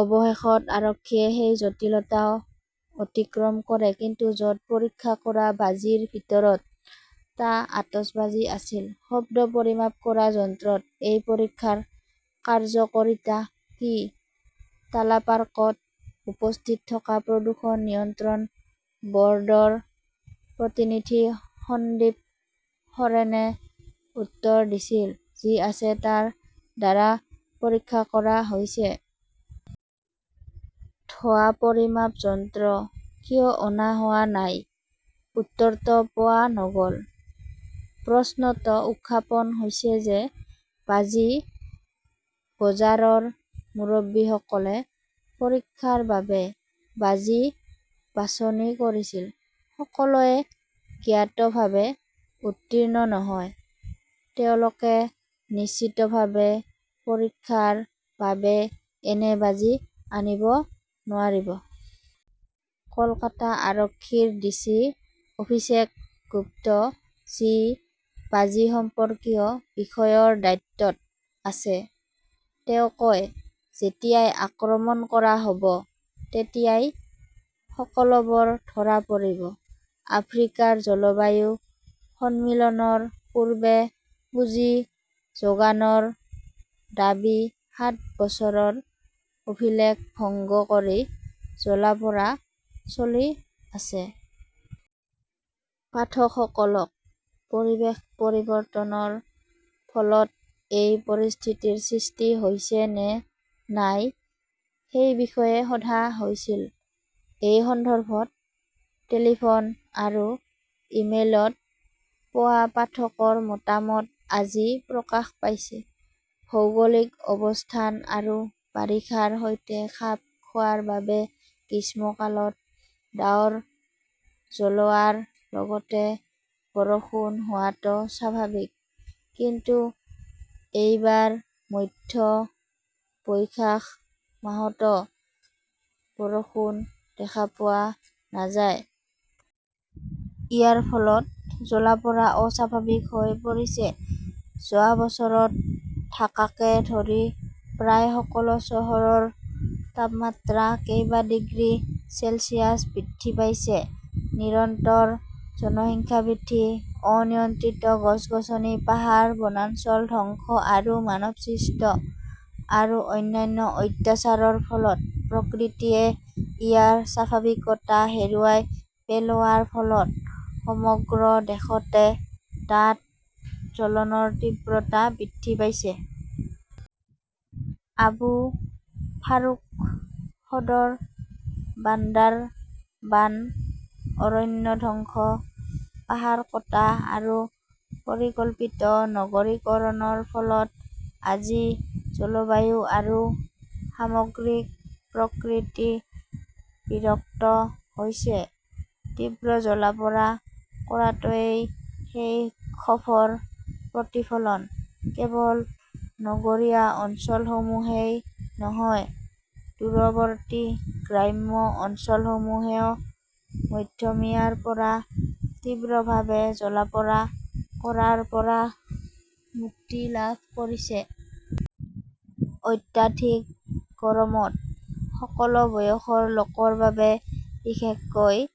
অৱশেষত আৰক্ষীয়ে সেই জটিলতাও অতিক্ৰম কৰে। কিন্তু য 'ত পৰীক্ষা কৰা বাজিৰ ভিতৰত টা আতচবাজী আছিল, শব্দ পৰিমাপ কৰা যন্ত্ৰত এই পৰীক্ষাৰ কাৰ্য্যকৰীতা কি? টালা পাৰ্কত উপস্থিত থকা প্ৰদূষণ নিয়ন্ত্ৰণ ব "ৰ্ডৰ প্ৰতিনিধি সন্দীপ সোৰেনে উত্তৰ দিছিল", যি আছে তাৰ দ্বাৰা পৰীক্ষা কৰা হৈছে। "ধোঁৱা পৰিমাপ যন্ত্ৰ কিয় অনা হোৱা নাই? উত্তৰটো পোৱা নগ "ল। প্ৰশ্নটো উত্থাপন হৈছে যে বাজি বজাৰৰ মুৰব্বীসকলে পৰীক্ষাৰ বাবে বাজি বাছনি কৰিছিল। সকলোৱে জ্ঞাতভাৱে উত্তীৰ্ণ নহয়, তেওঁলোকে নিশ্চিতভাৱে পৰীক্ষাৰ বাবে এনে বাজি আনিব নোৱাৰিব! কলকাতা আৰক্ষীৰ ডিচি অভিষেক গুপ্ত, যি বাজি সম্পৰ্কীয় বিষয়ৰ দায়িত্বত আছে, তেওঁ কয়," যেতিয়াই আক্ৰমণ কৰা হ "ব। তাতেই সকলোবোৰ ধৰা পৰিব। "। আফ্ৰিকাৰ জলবায়ু সন্মিলনৰ পূৰ্বে পুঁজি যোগানৰ দাবী সাত বছৰৰ অভিলেখ ভংগ কৰি জ্বলা-পোৰা চলি আছে। পাঠকসকলক পৰিৱেশ পৰিৱৰ্তনৰ ফলত এই পৰিস্থিতিৰ সৃষ্টি হৈছে নে নাই সেই বিষয়ে সোধা হৈছিল। এই সন্দৰ্ভত টেলিফোন আৰু ইমেইলত পোৱা পাঠকৰ মতামত আজি প্ৰকাশ পাইছে। ভৌগোলিক অৱস্থান আৰু বাৰিষাৰ সৈতে খাপ খোৱাৰ বাবে গ্ৰীষ্মকালত ডাৱৰ জ্বলোৱাৰ লগতে বৰষুণ হোৱাটো স্বাভাৱিক, কিন্তু এইবাৰ মধ্য বৈশাখ মাহতও বৰষুণ দেখা পোৱা নাযায়। ইয়াৰ ফলত জ্বলা-পোৰা অস্বাভাৱিক হৈ পৰিছে। যোৱা বছৰত ঢাকাকে ধৰি প্ৰায় সকলো চহৰৰ তাপমাত্ৰা কেইবা ডিগ্ৰী চেলছিয়াছ বৃদ্ধি পাইছে। নিৰন্তৰ জনসংখ্যা বৃদ্ধি, অনিয়ন্ত্ৰিত গছ-গছনি, পাহাৰ, বনাঞ্চল ধ্বংস আৰু মানৱসৃষ্ট আৰু অন্যান্য অত্যাচাৰৰ ফলত প্ৰকৃতিয়ে ইয়াৰ স্বাভাৱিকতা হেৰুৱাই পেলোৱাৰ ফলত সমগ্ৰ দেশতে ডাঠ জ্বলনৰ তীব্ৰতা বৃদ্ধি পাইছে। আবু ফাৰুক সদৰ, বান্দাৰবান অৰণ্য ধ্বংস, পাহাৰ কটা আৰু পৰিকল্পিত নগৰীকৰণৰ ফলত আজি জলবায়ু আৰু সামগ্ৰিক প্ৰকৃতি বিৰক্ত হৈছে। তীব্ৰ জ্বলা-পোৰা কৰাটোৱেই সেই ক্ষোভৰ প্ৰতিফলন। কেৱল নগৰীয়া অঞ্চলসমূহেই নহয়, দূৰৱৰ্তী গ্ৰাম্য অঞ্চলসমূহেও মধ্যমীয়াৰ পৰা তীব্ৰভাৱে জ্বলা-পোৰা কৰাৰ পৰা মুক্তি লাভ কৰিছে। অত্যাধিক গৰমত সকলো বয়সৰ লোকৰ বাবে বিশেষকৈ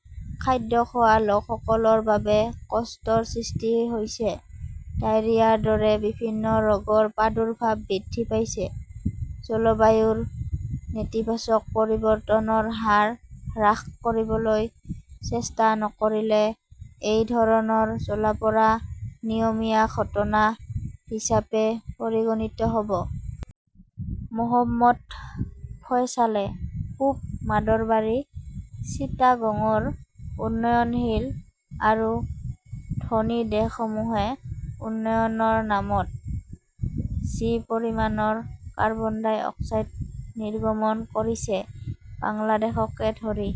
খাদ্য খোৱা লোকসকলৰ বাবে কষ্টৰ সৃষ্টি হৈছে। ডায়েৰিয়াৰ দৰে বিভিন্ন ৰোগৰ প্ৰাদুৰ্ভাৱ বৃদ্ধি পাইছে। জলবায়ুৰ নেতিবাচক পৰিৱৰ্তনৰ হাৰ হ্ৰাস কৰিবলৈ চেষ্টা নকৰিলে এই ধৰণৰ জ্বলা-পোৰা নিয়মীয়া ঘটনা হিচাপে পৰিগণিত হ "ব। মহম্মদ ফয়ছালে পূব মাদৰবাৰী, চিটাগংৰ উন্নয়নশীল আৰু ধনী দেশসমূহে উন্নয়নৰ নামত যি পৰিমাণৰ কাৰ্বন ডাই অক্সাইড নিৰ্গমন কৰিছে, বাংলাদেশকে ধৰি